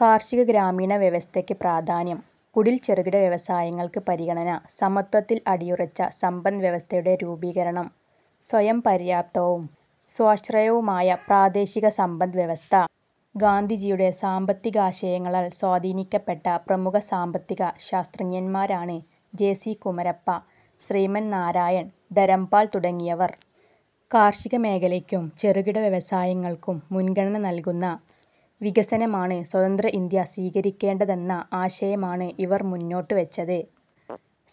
കാർഷിക ഗ്രാമീണ വ്യവസ്ഥയ്ക്ക് പ്രാധാന്യം. കുടിൽ-ചെറുകിട വ്യവസായങ്ങൾക്ക് പരിഗണന. സമത്വത്തിൽ അടിയുറച്ച സമ്പദ് വ്യവസ്ഥയുടെ രൂപീകരണം സ്വയംപര്യാപ്തവും സ്വാശ്രയവുമായ പ്രാദേശിക സമ്പദ് വ്യവസ്ഥ. ഗാന്ധിജിയുടെ സാമ്പത്തികാശയങ്ങളാൽ സ്വാധീനിക്കപ്പെട്ട പ്രമുഖ സാമ്പത്തിക ശാസ്ത്രജ്ഞൻമാരാണ് ജെ. സി. കുമരപ്പ, ശ്രീമൻ നാരായൺ, ധരംപാൽ തുടങ്ങിയവർ. കാർഷിക മേഖലയ്ക്കും ചെറുകിട വ്യവസായങ്ങൾക്കും മുൻഗണ നൽകുന്ന വികസനമാണ് സ്വതന്ത്ര ഇന്ത്യ സ്വീകരിക്കേണ്ടതെന്ന ആശയമാണ് ഇവർ മുന്നോട്ടു വച്ചത്.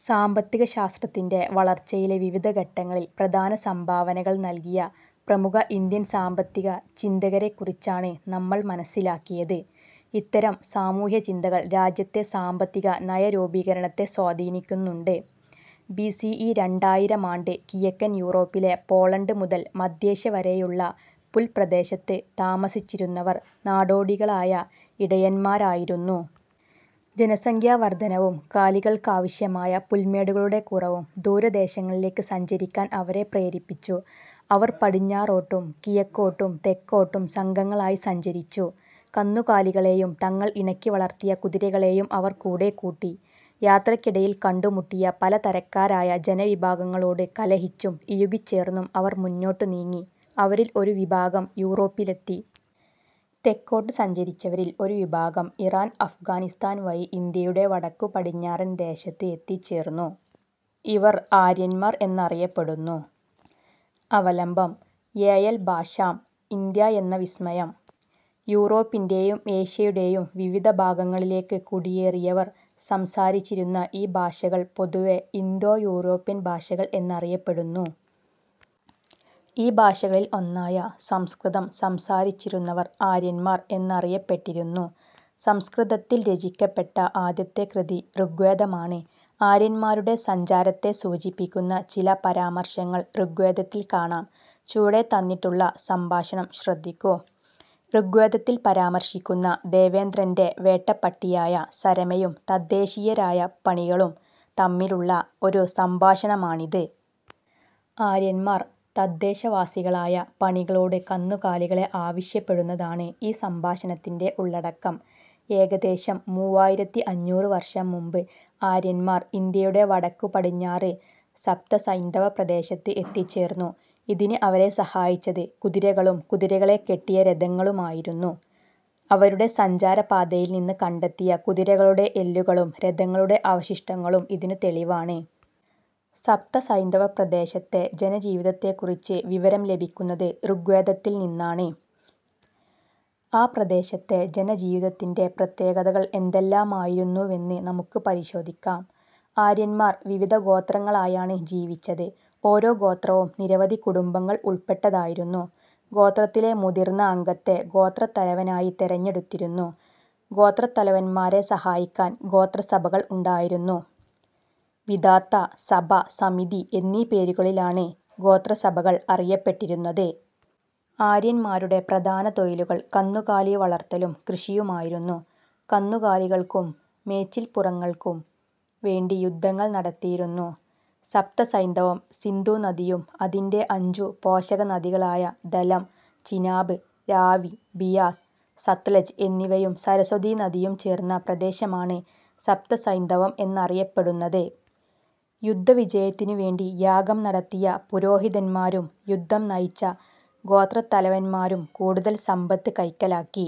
സാമ്പത്തികശാസ്ത്രത്തിന്റെ വളർച്ചയിലെ വിവിധ ഘട്ടങ്ങളിൽ പ്രധാന സംഭാവനകൾ നൽകിയ പ്രമുഖ ഇന്ത്യൻ സാമ്പത്തിക ചിന്തകരെക്കുറിച്ചാണ് നമ്മൾ മനസിലാക്കിയത്. ഇത്തരം സാമൂഹ്യചിന്തകൾ രാജ്യത്തെ സാമ്പത്തിക നയരൂപീകരണത്തെ സ്വാധീനിക്കുന്നുണ്ട്. ബി സി ഇ രണ്ടായിരാമാണ്ട്. കിഴക്കൻ യൂറോപ്പിലെ പോളണ്ട് മുതൽ മധ്യേഷ്യ വരെയുള്ള പുൽപ്രദേശത്ത് താമസിച്ചിരുന്നവർ നാടോടികളായ ഇടയന്മാരായിരുന്നു. ജനസംഖ്യാവർധനവും കാലികൾക്കാവശ്യമായ പുൽമേടുകളുടെ കുറവും ദൂരദേശങ്ങളിലേക്ക് സഞ്ചരിക്കാൻ അവരെ പ്രേരിപ്പിച്ചു. അവർ പടിഞ്ഞാറോട്ടും കിഴക്കോട്ടും തെക്കോട്ടും സംഘങ്ങളായി സഞ്ചരിച്ചു. കന്നുകാലികളെയും തങ്ങൾ ഇണക്കി വളർത്തിയ കുതിരകളെയും അവർ കൂടെക്കൂട്ടി. യാത്രയ്ക്കിടയിൽ കണ്ടുമുട്ടിയ പല തരക്കാരായ ജനവിഭാഗങ്ങളോട് കലഹിച്ചും ഇഴുകി ച്ചേർന്നും അവർ മുന്നോട്ടു നീങ്ങി. അവരിൽ ഒരു വിഭാഗം യൂറോപ്പിലെത്തി. തെക്കോട്ടു സഞ്ചരിച്ചവരിൽ ഒരു വിഭാഗം ഇറാൻ, അഫ്ഗാനിസ്ഥാൻ വഴി ഇന്ത്യയുടെ വടക്കുപടിഞ്ഞാറൻ ദേശത്ത് എത്തിച്ചേർന്നു. ഇവർ ആര്യന്മാർ എന്നറിയപ്പെടുന്നു. അവലംബം: എ. എൽ. ബാഷാം, 'ഇന്ത്യ എന്ന വിസ്മയം' യൂറോപ്പിന്റെയും ഏഷ്യയുടെയും വിവിധ ഭാഗങ്ങളിലേക്കു കുടിയേറിയവർ സംസാരിച്ചിരുന്ന ഈ ഭാഷകൾ പൊതുവെ ഇന്തോ- യൂറോപ്യൻ ഭാഷകൾ എന്നറിയപ്പെടുന്നു. ഈ ഭാഷകളിൽ ഒന്നായ സംസ്കൃതം സംസാരിച്ചിരുന്നവർ ആര്യന്മാർ എന്നറിയപ്പെട്ടിരുന്നു. സംസ്കൃതത്തിൽ രചിക്കപ്പെട്ട ആദ്യത്തെ കൃതി ഋഗ്വേദമാണ്. ആര്യന്മാരുടെ സഞ്ചാരത്തെ സൂചിപ്പിക്കുന്ന ചില പരാമർശങ്ങൾ ഋഗ്വേദത്തിൽ കാണാം. ചുവടെ തന്നിട്ടുള്ള സംഭാഷണം ശ്രദ്ധിക്കൂ. ഋഗ്വേദത്തിൽ പരാമർശിക്കുന്ന ദേവേന്ദ്രന്റെ വേട്ടപ്പട്ടിയായ സരമയും തദ്ദേശീയരായ പണികളും തമ്മിലുള്ള ഒരു സംഭാഷണമാണിത്. ആര്യന്മാർ തദ്ദേശവാസികളായ പണികളോട് കന്നുകാലികളെ ആവശ്യപ്പെടുന്നതാണ് ഈ സംഭാഷണത്തിന്റെ ഉള്ളടക്കം. ഏകദേശം മൂവായിരത്തി അഞ്ഞൂറ് വർഷം മുമ്പ് ആര്യന്മാർ ഇന്ത്യയുടെ വടക്കു പടിഞ്ഞാറ് സപ്തസൈന്ധവ പ്രദേശത്ത് എത്തിച്ചേർന്നു. ഇതിന് അവരെ സഹായിച്ചത് കുതിരകളും കുതിരകളെ കെട്ടിയ രഥങ്ങളുമായിരുന്നു. അവരുടെ സഞ്ചാര പാതയിൽ നിന്ന് കണ്ടെത്തിയ കുതിരകളുടെ എല്ലുകളും രഥങ്ങളുടെ അവശിഷ്ടങ്ങളും ഇതിനു തെളിവാണ്. സപ്തസൈന്ധവപ്രദേശത്തെ ജനജീവിതത്തെക്കുറിച്ച് വിവരം ലഭിക്കുന്നത് ഋഗ്വേദത്തിൽനിന്നാണ്. ആ പ്രദേശത്തെ ജനജീവിതത്തിന്റെ പ്രത്യേകതകൾ എന്തെല്ലാമായിരുന്നുവെന്ന് നമുക്ക് പരിശോധിക്കാം. ആര്യന്മാർ വിവിധ ഗോത്രങ്ങളായാണ് ജീവിച്ചത്. ഓരോ ഗോത്രവും നിരവധി കുടുംബങ്ങൾ ഉൾപ്പെട്ടതായിരുന്നു. ഗോത്രത്തിലെ മുതിർന്ന അംഗത്തെ ഗോത്രതലവനായി തെരഞ്ഞെടുത്തിരുന്നു. ഗോത്രതലവന്മാരെ സഹായിക്കാൻ ഗോത്രസഭകൾ ഉണ്ടായിരുന്നു. വിധാത, സഭ, സമിതി എന്നീ പേരുകളിലാണ് ഗോത്രസഭകൾ അറിയപ്പെട്ടിരുന്നത്. ആര്യന്മാരുടെ പ്രധാന തൊഴിലുകൾ കന്നുകാലി വളർത്തലും കൃഷിയുമായിരുന്നു. കന്നുകാലികൾക്കും മേച്ചിൽപ്പുറങ്ങൾക്കും വേണ്ടി യുദ്ധങ്ങൾ നടത്തിയിരുന്നു. സപ്തസൈന്ധവം സിന്ധുനദിയും അതിന്റെ അഞ്ചു പോഷക നദികളായ ഝലം, ചിനാബ്, രാവി, ബിയാസ്, സത്ലജ് എന്നിവയും സരസ്വതീ നദിയും ചേർന്ന പ്രദേശമാണ് സപ്തസൈന്ധവം എന്നറിയപ്പെടുന്നത്. യുദ്ധവിജയത്തിനുവേണ്ടി യാഗം നടത്തിയ പുരോഹിതന്മാരും യുദ്ധം നയിച്ച ഗോത്രത്തലവന്മാരും കൂടുതൽ സമ്പത്ത് കൈക്കലാക്കി.